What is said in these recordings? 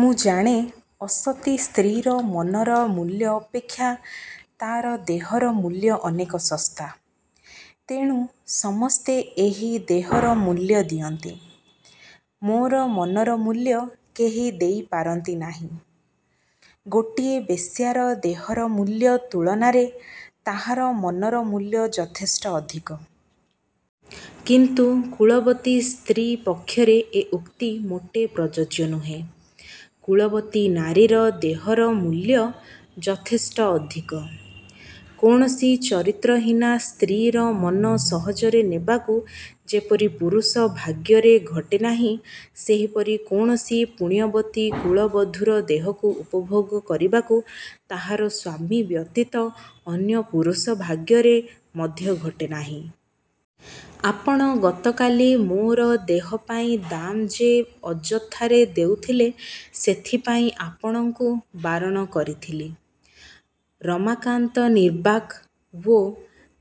ମୁଁ ଜାଣେ ଅସତୀ ସ୍ତ୍ରୀର ମନର ମୂଲ୍ୟ ଅପେକ୍ଷା ତା'ର ଦେହର ମୂଲ୍ୟ ଅନେକ ଶସ୍ତା। ତେଣୁ ସମସ୍ତେ ଏହି ଦେହର ମୂଲ୍ୟ ଦିଅନ୍ତି। ମୋର ମନର ମୂଲ୍ୟ କେହି ଦେଇ ପାରନ୍ତି ନାହିଁ। ଗୋଟିଏ ବେଶ୍ୟାର ଦେହର ମୂଲ୍ୟ ତୁଳନାରେ ତାହାର ମନର ମୂଲ୍ୟ ଯଥେଷ୍ଟ ଅଧିକ-। କିନ୍ତୁ କୁଳବତୀ ସ୍ତ୍ରୀ ପକ୍ଷରେ ଏ ଉକ୍ତି ମୋଟେ ପ୍ରଯୋଜ୍ୟ ନୁହେଁ। କୁଳବତୀ ନାରୀର ଦେହର ମୂଲ୍ୟ ଯଥେଷ୍ଟ ଅଧିକ। କୌଣସି ଚରିତ୍ରହୀନା ସ୍ତ୍ରୀର ମନ ସହଜରେ ନେବାକୁ ଯେପରି ପୁରୁଷ ଭାଗ୍ୟରେ ଘଟେ ନାହିଁ, ସେହିପରି କୌଣସି ପୁଣ୍ୟବତୀ କୁଳବଧୂର ଦେହକୁ ଉପଭୋଗ କରିବାକୁ ତାହାର ସ୍ୱାମୀ ବ୍ୟତୀତ ଅନ୍ୟ ପୁରୁଷ ଭାଗ୍ୟରେ ମଧ୍ୟ ଘଟେ ନାହିଁ। ଆପଣ ଗତକାଲି ମୋର ଦେହ ପାଇଁ ଦାମ ଯେ ଅଯଥାରେ ଦେଉଥିଲେ ସେଥିପାଇଁ ଆପଣଙ୍କୁ ବାରଣ କରିଥିଲି। '' ରମାକାନ୍ତ ନିର୍ବାକ୍ ଓ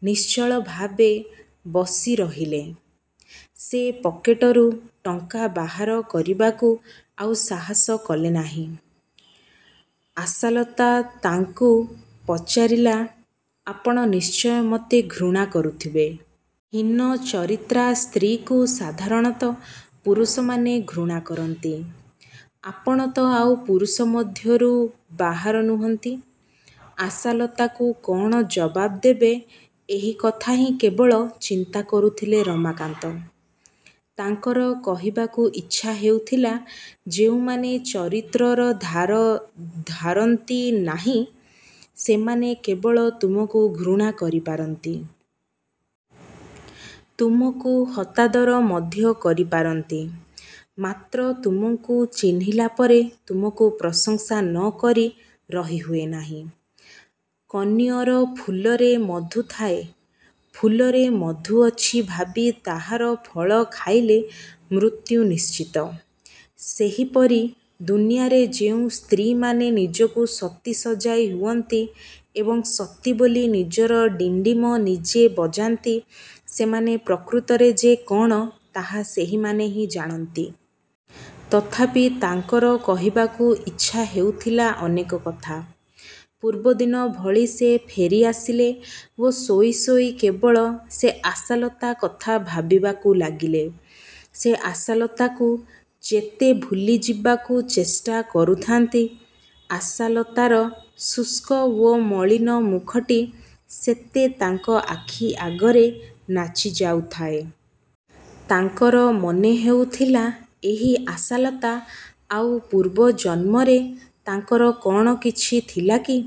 ନିଶ୍ଚଳଭାବେ ବସିରହିଲେ। ସେ ପକେଟରୁ ଟଙ୍କା ବାହାର କରିବାକୁ ଆଉ ସାହାସ କଲେ ନାହିଁ। ଆଶାଲତା ତାଙ୍କୁ ପଚାରିଲା, ''ଆପଣ ନିଶ୍ଚୟ ମୋତେ ଘୃଣା କରୁଥିବେ? ହୀନଚରିତ୍ରା ସ୍ତ୍ରୀକୁ ସାଧାରଣତଃ ପୁରୁଷମାନେ ଘୃଣା କରନ୍ତି। ଆପଣ ତ ଆଉ ପୁରୁଷ ମଧ୍ୟରୁ ବାହାର ନୁହନ୍ତି। '' ଆଶାଲତାକୁ କ'ଣ ଜବାବ୍ ଦେବେ ଏହି କଥା ହିଁ କେବଳ ଚିନ୍ତା କରୁଥିଲେ ରମାକାନ୍ତ। ତାଙ୍କର କହିବାକୁ ଇଚ୍ଛା ହେଉଥିଲା, ଯେଉଁମାନେ ଚରିତ୍ରର ଧାର ଧାରନ୍ତି ନାହିଁ, ସେମାନେ କେବଳ ତୁମକୁ ଘୃଣା କରିପାରନ୍ତି। ତୁମକୁ। ହତାଦର ମଧ୍ୟ କରିପାରନ୍ତି। ମାତ୍ର ତୁମକୁ ଚିହ୍ନିଲା ପରେ ତୁମକୁ ପ୍ରଶଂସା ନ କରି ରହିହୁଏ ନାହିଁ। କନିଅର ଫୁଲରେ ମଧୁ ଥାଏ ଫୁଲରେ ମଧୁ ଅଛି ଭାବି ତାହାର ଫଳ ଖାଇଲେ ମୃତ୍ୟୁ ନିଶ୍ଚିତ। ସେହିପରି ଦୁନିଆରେ ଯେଉଁ ସ୍ତ୍ରୀମାନେ ନିଜକୁ ସତୀ ସଜାଇ ହୁଅନ୍ତି ଏବଂ ସତୀ ବୋଲି ନିଜର ଡିଣ୍ଡିମ ନିଜେ ବଜାନ୍ତି ସେମାନେ ପ୍ରକୃତରେ ଯେ କ'ଣ ତାହା ସେହିମାନେ ହିଁ ଜାଣନ୍ତି। ତଥାପି ତାଙ୍କର କହିବାକୁ ଇଚ୍ଛା ହେଉଥିଲା ଅନେକ କଥା। ପୂର୍ବଦିନ ଭଳି ସେ ଫେରିଆସିଲେ ଓ ଶୋଇ ଶୋଇ କେବଳ ସେ ଆଶାଲତା କଥା ଭାବିବାକୁ ଲାଗିଲେ। ସେ ଆଶାଲତାକୁ ଯେତେ ଭୁଲିଯିବାକୁ ଚେଷ୍ଟା କରୁଥାନ୍ତି, ଆଶାଲତାର ଶୁଷ୍କ ଓ ମଳିନ ମୁଖଟି ସେତେ ତାଙ୍କ ଆଖି ଆଗରେ ନାଚିଯାଉଥାଏ। ତାଙ୍କର ମନେହେଉଥିଲା ଏହି ଆଶାଲତା ଆଉ ପୂର୍ବଜନ୍ମରେ ତାଙ୍କର କ'ଣ କିଛି ଥିଲା କି?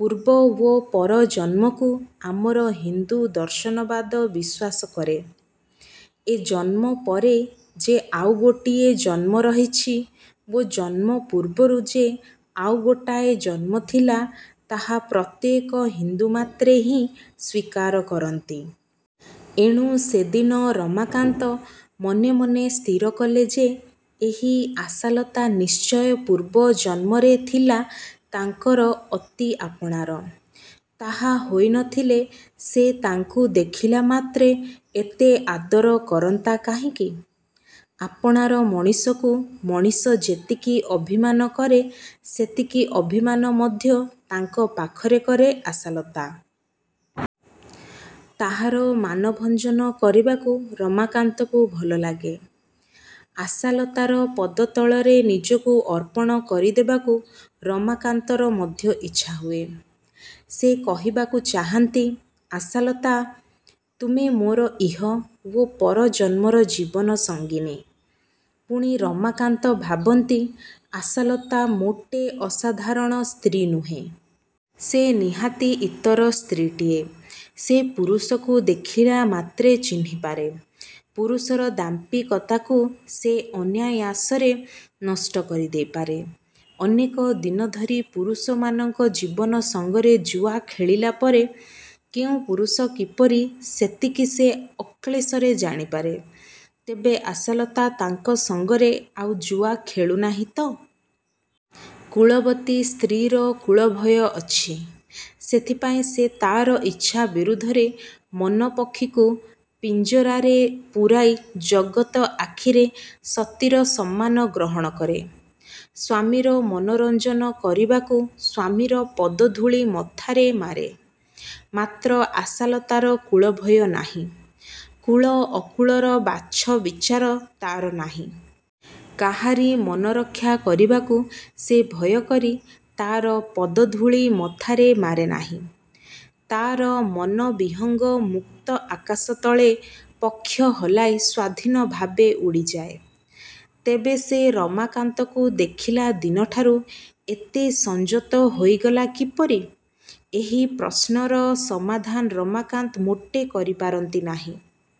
ପୂର୍ବ ଓ ପରଜନ୍ମକୁ ଆମର ହିନ୍ଦୁ ଦର୍ଶନବାଦ ବିଶ୍ୱାସ କରେ। ଏ ଜନ୍ମ ପରେ ଯେ ଆଉ ଗୋଟିଏ ଜନ୍ମ ରହିଛି ଓ ଜନ୍ମ ପୂର୍ବରୁ ଯେ ଆଉ ଗୋଟାଏ ଜନ୍ମଥିଲା, ତାହା ପ୍ରତ୍ୟେକ ହିନ୍ଦୁମାତ୍ରେ ହିଁ ସ୍ଵୀକାର କରନ୍ତି। ଏଣୁ ସେଦିନ ରମାକାନ୍ତ ମନେମନେ ସ୍ଥିରକଲେ ଯେ ଏହି ଆଶାଲତା ନିଶ୍ଚୟ ପୂର୍ବ ଜନ୍ମରେ ଥିଲା ତାଙ୍କର ଅତି ଆପଣାର। ତାହା ହୋଇନଥିଲେ ସେ ତାଙ୍କୁ ଦେଖିଲା ମାତ୍ରେ ଏତେ ଆଦର କରନ୍ତା କାହିଁକି? ଆପଣାର ମଣିଷକୁ ମଣିଷ ଯେତିକି ଅଭିମାନ କରେ ସେତିକି ଅଭିମାନ ମଧ୍ୟ ତାଙ୍କ ପାଖରେ କରେ ଆଶାଲତା। ତାହାର ମାନଭଞ୍ଜନ କରିବାକୁ ରମାକାନ୍ତକୁ ଭଲଲାଗେ। ଆଶାଲତାର ପଦତଳରେ ନିଜକୁ ଅର୍ପଣ କରିଦେବାକୁ ରମାକାନ୍ତର ମଧ୍ୟ ଇଚ୍ଛାହୁଏ। ସେ କହିବାକୁ ଚାହାଁନ୍ତି, ଆଶାଲତା! ତୁମେ ମୋର ଇହ ଓ ପର ଜନ୍ମର 'ଜୀବନ ସଙ୍ଗିନୀ। ' ପୁଣି ରମାକାନ୍ତ ଭାବନ୍ତି ଆଶାଲତା ମୋଟେ ଅସାଧାରଣ ସ୍ତ୍ରୀ ନୁହେଁ। ସେ ନିହାତି ଇତର ସ୍ତ୍ରୀଟିଏ। ସେ ପୁରୁଷକୁ ଦେଖିଲା ମାତ୍ରେ ଚିହ୍ନିପାରେ। ପୁରୁଷର ଦାମ୍ଭିକତାକୁ ସେ ଅନାୟାସରେ ନଷ୍ଟ କରିଦେଇପାରେ। ଅନେକ ଦିନ ଧରି ପୁରୁଷମାନଙ୍କ ଜୀବନ ସଙ୍ଗରେ ଜୁଆ ଖେଳିଲା ପରେ କେଉଁ ପୁରୁଷ କିପରି ସେତିକି ସେ ଅକ୍ଳେଶରେ ଜାଣିପାରେ। ତେବେ ଆଶାଲତା ତାଙ୍କ ସଙ୍ଗରେ ଆଉ ଜୁଆ ଖେଳୁନାହିଁ ତ? କୁଳବତୀ ସ୍ତ୍ରୀର କୁଳଭୟ ଅଛି। ସେଥିପାଇଁ ସେ ତା'ର ଇଚ୍ଛା ବିରୁଦ୍ଧରେ ମନପକ୍ଷୀକୁ ପିଞ୍ଜରାରେ ପୂରାଇ ଜଗତ ଆଖିରେ ସତୀର ସମ୍ମାନ ଗ୍ରହଣ କରେ। ସ୍ୱାମୀର ମନୋରଞ୍ଜନ କରିବାକୁ ସ୍ୱାମୀର ପଦଧୂଳି ମଥାରେ ମାରେ। ମାତ୍ର ଆଶାଲତାର କୁଳଭୟ ନାହିଁ। କୁଳ, ଅକୁଳର ବାଛବିଚାର ତା'ର ନାହିଁ। କାହାରି ମନରକ୍ଷା କରିବାକୁ ସେ ଭୟକରି ତା'ର ପଦଧୂଳି ମଥାରେ ମାରେନାହିଁ। ତା'ର ମନବିହଙ୍ଗ ମୁକ୍ତ ଆକାଶ ତଳେ ପକ୍ଷ ହଲାଇ ସ୍ୱାଧୀନ ଭାବେ ଉଡ଼ିଯାଏ। ତେବେ ସେ ରମାକାନ୍ତକୁ ଦେଖିଲା ଦିନଠାରୁ ଏତେ ସଂଯତ ହୋଇଗଲା କିପରି? ଏହି ପ୍ରଶ୍ନର ସମାଧାନ ରମାକାନ୍ତ ମୋଟେ କରିପାରନ୍ତି ନାହିଁ।